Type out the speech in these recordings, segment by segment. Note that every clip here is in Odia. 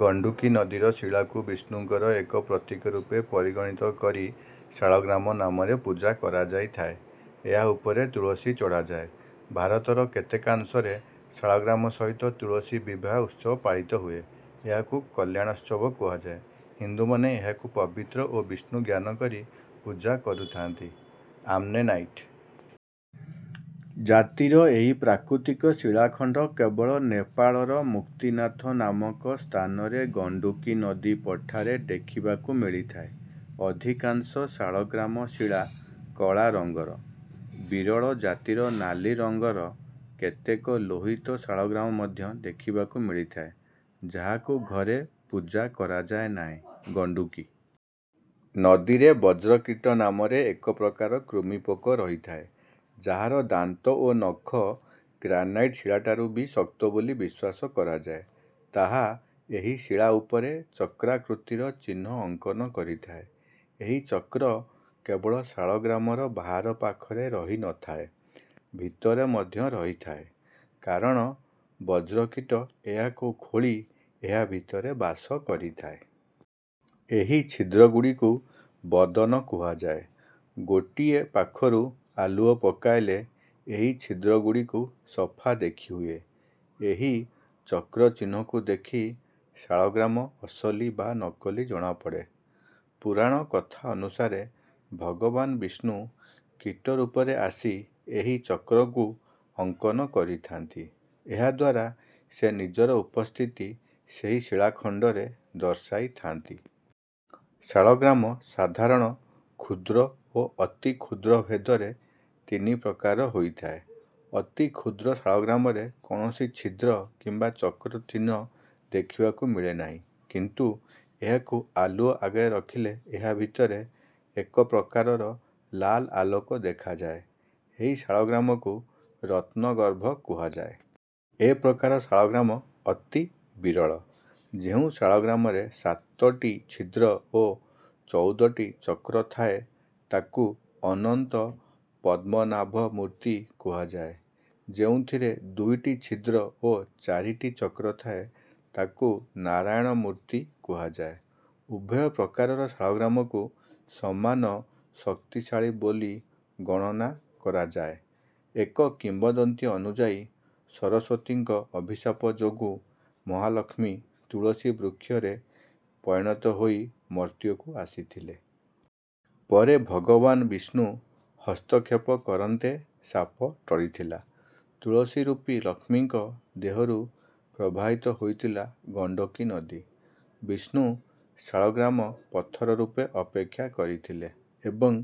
ଗଣ୍ଡୁକୀ ନଦୀର ଶିଳାକୁ ବିଷ୍ଣୁଙ୍କର ଏକ ପ୍ରତୀକ ରୂପେ ପରିଗଣିତ କରି ଶାଳଗ୍ରାମ ନାମରେ ପୂଜା କରାଯାଇଥାଏ। ଏହା ଉପରେ ତୁଳସୀ ଚଢ଼ାଯାଏ। ଭାରତର କେତେକାଂଶରେ ଶାଳଗ୍ରାମ ସହିତ ତୁଳସୀ ବିବାହ ଉତ୍ସବ ପାଳିତ ହୁଏ। ଏହାକୁ କଲ୍ୟାଣୋତ୍ସବ କୁହାଯାଏ। ହିନ୍ଦୁମାନେ ଏହାକୁ ପବିତ୍ର ଓ ବିଷ୍ଣୁ ଜ୍ଞାନ କରି ପୂଜା କରିଥାନ୍ତି। ଆମ୍ମୋନାଇଟ୍ ଜାତିର ଏହି ପ୍ରାକୃତିକ ଶିଳାଖଣ୍ଡ କେବଳ ନେପାଳର ମୁକ୍ତିନାଥ ନାମକ ସ୍ଥାନରେ ଗଣ୍ଡୁକୀ ନଦୀ ପଠାରେ ଦେଖିବାକୁ ମିଳିଥାଏ। ଅଧିକାଂଶ ଶାଳଗ୍ରାମ ଶିଳା କଳା ରଙ୍ଗର। ବିରଳ ଜାତିର ନାଲି ରଙ୍ଗର କେତେକ ଲୋହିତ ଶାଳଗ୍ରାମ ମଧ୍ୟ ଦେଖିବାକୁ ମିଳିଥାଏ, ଯାହାକୁ ଘରେ ପୂଜା କରାଯାଏ ନାହିଁ। ଗଣ୍ଡୁକୀ ନଦୀରେ ବଜ୍ରକୀଟ ନାମରେ ଏକ ପ୍ରକାର କୃମିପୋକ ରହିଥାଏ, ଯାହାର ଦାନ୍ତ ଓ ନଖ ଗ୍ରାନାଇଟ୍ ଶିଳାଠାରୁ ବି ଶକ୍ତ ବୋଲି ବିଶ୍ୱାସ କରାଯାଏ। ତାହା ଏହି ଶିଳା ଉପରେ ଚକ୍ରାକୃତିର ଚିହ୍ନ ଅଙ୍କନ କରିଥାଏ। ଏହି ଚକ୍ର କେବଳ ଶାଳଗ୍ରାମର ବାହାର ପାଖରେ ରହି ନ ଥାଏ, ଭିତରେ ମଧ୍ୟ ରହିଥାଏ କାରଣ ବଜ୍ରକୀଟ ଏହାକୁ ଖୋଳି ଏହା ଭିତରେ ବାସ କରିଥାଏ। ଏହି ଛିଦ୍ରଗୁଡ଼ିକୁ ବଦନ କୁହାଯାଏ। ଗୋଟିଏ ପାଖରୁ ଆଲୁଅ ପକାଇଲେ ଏହି ଛିଦ୍ରଗୁଡ଼ିକୁ ସଫା ଦେଖିହୁଏ। ଏହି ଚକ୍ର ଚିହ୍ନକୁ ଦେଖି ଶାଳଗ୍ରାମ ଅସଲି ବା ନକଲି ଜଣାପଡ଼େ। ପୁରାଣକଥା ଅନୁସାରେ ଭଗବାନ ବିଷ୍ଣୁ କୀଟ ରୂପରେ ଆସି ଏହି ଚକ୍ରକୁ ଅଙ୍କନ କରିଥାନ୍ତି। ଏହାଦ୍ୱାରା ସେ ନିଜର ଉପସ୍ଥିତି ସେହି ଶିଳାଖଣ୍ଡରେ ଦର୍ଶାଇଥାନ୍ତି। ଶାଳଗ୍ରାମ ସାଧାରଣ, କ୍ଷୁଦ୍ର ଓ ଅତିକ୍ଷୁଦ୍ର ଭେଦରେ ତିନି ପ୍ରକାରର ହୋଇଥାଏ। ଅତି କ୍ଷୁଦ୍ର ଶାଳଗ୍ରାମରେ କୌଣସି ଛିଦ୍ର କିମ୍ବା ଚକ୍ର ଚିହ୍ନ ଦେଖିବାକୁ ମିଳେନାହିଁ। କିନ୍ତୁ ଏହାକୁ ଆଲୁଅ ଆଗରେ ରଖିଲେ ଏହା ଭିତରେ ଏକ ପ୍ରକାରର ଲାଲ୍ ଆଲୋକ ଦେଖାଯାଏ। ଏହି ଶାଳଗ୍ରାମକୁ ରତ୍ନଗର୍ଭ କୁହାଯାଏ। ଏ ପ୍ରକାର ଶାଳଗ୍ରାମ ଅତି ବିରଳ। ଯେଉଁ ଶାଳଗ୍ରାମରେ ସାତଟି ଛିଦ୍ର ଓ ଚଉଦଟି ଚକ୍ର ଥାଏ, ତାକୁ ଅନନ୍ତ ପଦ୍ମନାଭ ମୂର୍ତ୍ତି କୁହାଯାଏ। ଯେଉଁଥିରେ ଦୁଇଟି ଛିଦ୍ର ଓ ଚାରିଟି ଚକ୍ର ଥାଏ, ତାକୁ ନାରାୟଣ ମୂର୍ତ୍ତି କୁହାଯାଏ। ଉଭୟ ପ୍ରକାରର ଶାଳଗ୍ରାମକୁ ସମାନ ଶକ୍ତିଶାଳୀ ବୋଲି ଗଣନା କରାଯାଏଏକ କିମ୍ବଦନ୍ତୀ ଅନୁଯାୟୀ ସରସ୍ୱତୀଙ୍କ ଅଭିଶାପ ଯୋଗୁଁ ମହାଲକ୍ଷ୍ମୀ ତୁଳସୀ ବୃକ୍ଷରେ ପରିଣତ ହୋଇ ମର୍ତ୍ତ୍ୟକୁ ଆସିଥିଲେ। ପରେ ଭଗବାନ ବିଷ୍ଣୁ ହସ୍ତକ୍ଷେପ କରନ୍ତେ ଶାପ ଟଳିଥିଲା। ତୁଳସୀ ରୂପୀ ଲକ୍ଷ୍ମୀଙ୍କ ଦେହରୁ ପ୍ରବାହିତ ହୋଇଥିଲା ଗଣ୍ଡକୀ ନଦୀ। ବିଷ୍ଣୁ ଶାଳଗ୍ରାମ ପଥର ରୂପେ ଅପେକ୍ଷା କରିଥିଲେ ଏବଂ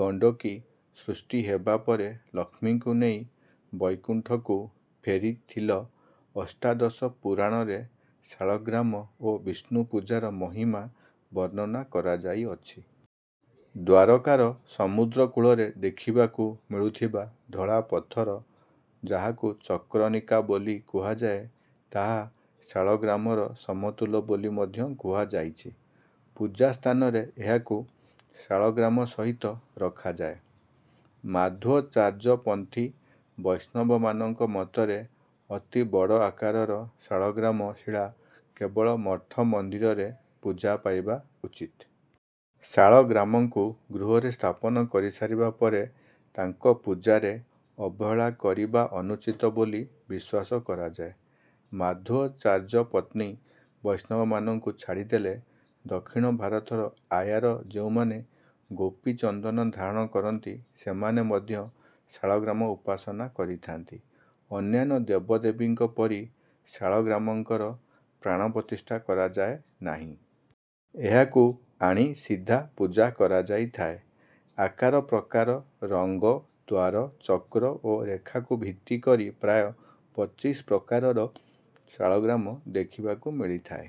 ଗଣ୍ଡକୀ ସୃଷ୍ଟି ହେବା ପରେ ଲକ୍ଷ୍ମୀଙ୍କୁ ନେଇ ବୈକୁଣ୍ଠକୁ ଫେରିଥିଲଅଷ୍ଟାଦଶ ପୁରାଣରେ ଶାଳଗ୍ରାମ ଓ ବିଷ୍ଣୁ ପୂଜାର ମହିମା ବର୍ଣ୍ଣନା କରାଯାଇଅଛି। ଦ୍ୱାରକାର ସମୁଦ୍ର କୂଳରେ ଦେଖିବାକୁ ମିଳୁଥିବା ଧଳା ପଥର, ଯାହାକୁ ଚକ୍ରନିକା ବୋଲି କୁହାଯାଏ, ତାହା ଶାଳଗ୍ରାମର ସମତୁଲ ବୋଲି ମଧ୍ୟ କୁହାଯାଇଛି। ପୂଜା ସ୍ଥାନରେ ଏହାକୁ ଶାଳଗ୍ରାମ ସହିତ ରଖାଯାଏ। ମାଧ୍ୱାଚାର୍ଯ୍ୟପନ୍ଥୀ ବୈଷ୍ଣବମାନଙ୍କ ମତରେ ଅତି ବଡ଼ ଆକାରର ଶାଳଗ୍ରାମ ଶିଳା କେବଳ ମଠ ମନ୍ଦିରରେ ପୂଜା ପାଇବା ଉଚିତ। ଶାଳଗ୍ରାମଙ୍କୁ ଗୃହରେ ସ୍ଥାପନ କରିସାରିବା ପରେ ତାଙ୍କ ପୂଜାରେ ଅବହେଳା କରିବା ଅନୁଚିତ ବୋଲି ବିଶ୍ୱାସ କରାଯାଏ। ମାଧ୍ୱାଚାର୍ଯ୍ୟପନ୍ଥୀ ବୈଷ୍ଣବମାନଙ୍କୁ ଛାଡ଼ିଦେଲେ, ଦକ୍ଷିଣ ଭାରତର ଆୟାର ଯେଉଁମାନେ ଗୋପୀଚନ୍ଦନ ଧାରଣ କରନ୍ତି, ସେମାନେ ମଧ୍ୟ ଶାଳଗ୍ରାମଉପାସନା କରିଥାନ୍ତି। ଅନ୍ୟାନ୍ୟ ଦେବଦେବୀଙ୍କ ପରି ଶାଳଗ୍ରାମଙ୍କର ପ୍ରାଣପ୍ରତିଷ୍ଠା କରାଯାଏ ନାହିଁ। ଏହାଙ୍କୁ ଆଣି ସିଧା ପୂଜା କରାଯାଇଥାଏ। ଆକାର ପ୍ରକାର, ରଙ୍ଗ, ଦ୍ୱାର, ଚକ୍ର ଓ ରେଖାକୁ ଭିତ୍ତି କରି ପ୍ରାୟ ପଚିଶ ପ୍ରକାରର ଶାଳଗ୍ରାମ ଦେଖିବାକୁ ମିଳିଥାଏ।